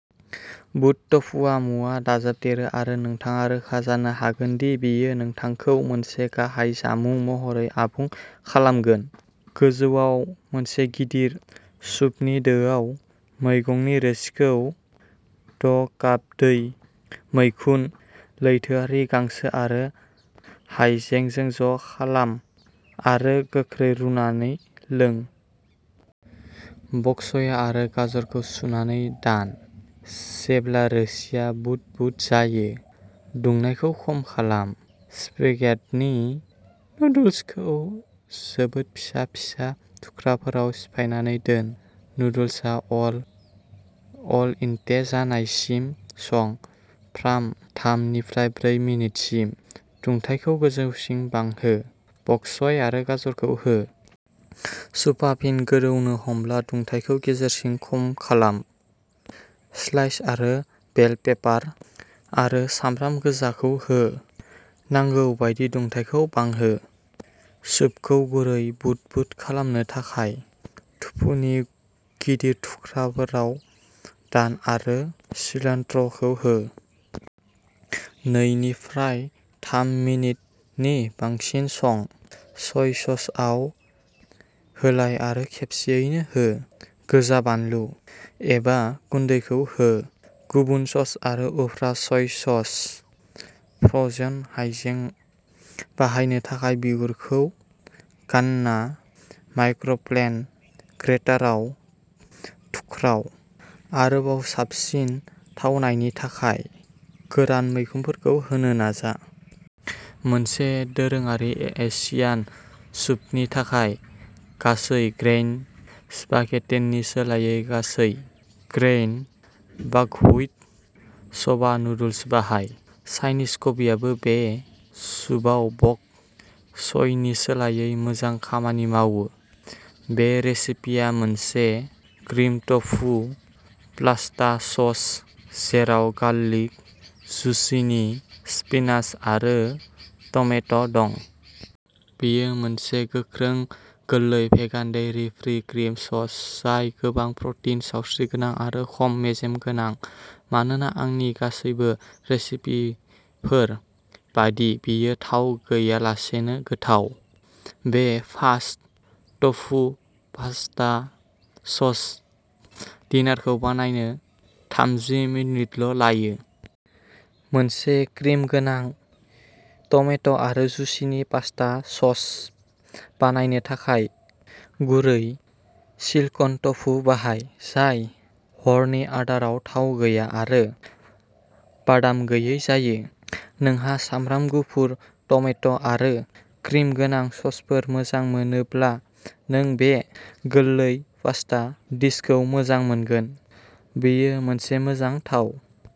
बुद टफुआ मुवा दाजाबदेरो आरो नोंथाङा रोखा जानो हागोन दि बेयो नोंथांखौ मोनसे गाहाय जामुं महरै आबुं खालामगोन। गोजौआव, मोनसे गिदिर सुपनि दोआव, मैगंनि रोसिखौ द' काप दै, मैखुन, लैथोआरि गांसो आरो हायजेंजों ज' खालाम आरो गोख्रै रुनानै ला। बक च'य आरो गाजरखौ सुनानै दान। जेब्ला रोसिआ बुद बुद जायो, दुंनायखौ खम खालाम, स्पेगेटिनि नुडल्सखौ जोबोद फिसा फिसा थुख्राफोराव सिफायनानै दोन। नुडल्सआ अल अल डेन्टे जानायसिम सं, फ्राय थाम निफ्राय ब्रै मिनिटसिम। दुंथायखौ गोजौसिम बांहो, बक च'य आरो गाजरखौ हो। सुपआ फिन गोदौनो हमब्ला दुंथायखौ गेजेरसिम खम खालाम। स्लाइस आरो बेल पेपार आरो सामब्राम गोजाखौ हो, नांगौ बायदि दुंथायखौ बांहो, सुपखौ गुरै बुद बुद खालामनो थाखाय टफुनि गिदिर थुख्राफोराव दान आरो सिलान्ट्र' खौ हो। नै निफ्राय थाम मिनिटनि बांसिन सं। सय ससआव होलाय आरो खेबसेयैनो हो। गोजा बानलु, एबा गुन्दैखौ हो। गुदुं सस आरो उफ्रा सय सस। फ्र'जेन हाइजें बाहायनो थाखाय बिगुरखौ गानना माइक्र'प्लेन ग्रेटाराव थुख्राव। आरोबाव साबसिन थावनायनि थाखाय गोरान मैखुनखौ होनो नाजा। मोनसे दोरोङारि एसियान सुपनि थाखाय, गासै ग्रेइन स्पाघेटिनिनि सोलायै गासै ग्रेइन बाकहुइट स'बा नुडल्स बाहाय। चाइनिज कबिआबो बे सुपआव बक चयनि सोलायै मोजां खामानि मावो। बे रेसिपिया मोनसे क्रिम ट'फु पास्ता सस, जेराव गार्लिक, जुचिनी, स्पिनाच आरो टमेट' दं। बेयो मोनसे गोख्रों, गोरलै भेगान डेयरी-फ्री क्रिम सस जाय गोबां प्र'टिन, सावस्रिगोनां आरो खम मेजेम गोनां। मानोना, आंनि गासैबो रेसिपिफोर बायदि, बेयो थाव गैयालासेनो गोथाव। बे फास्ट ट'फु पास्ता सस डिनरखौ बानायनो थामजि मिनिटल' लायो। मोनसे क्रिम गोनां, टमेट'आरो जुचिनी पास्ता सस बानायनो थाखाय गुरै सिल्कन ट'फु बाहाय जाय हरनि आदाराव थाव गैयै आरो बादाम गैयै जायो। नोंहा सामब्राम गुफुर, टमेट' आरो क्रिम गोनां ससफोर मोजां मोनोब्ला नों बे गोरलै पास्ता डिशखौ मोजां मोनगोन। बेयो मोनसे मोजां थाव।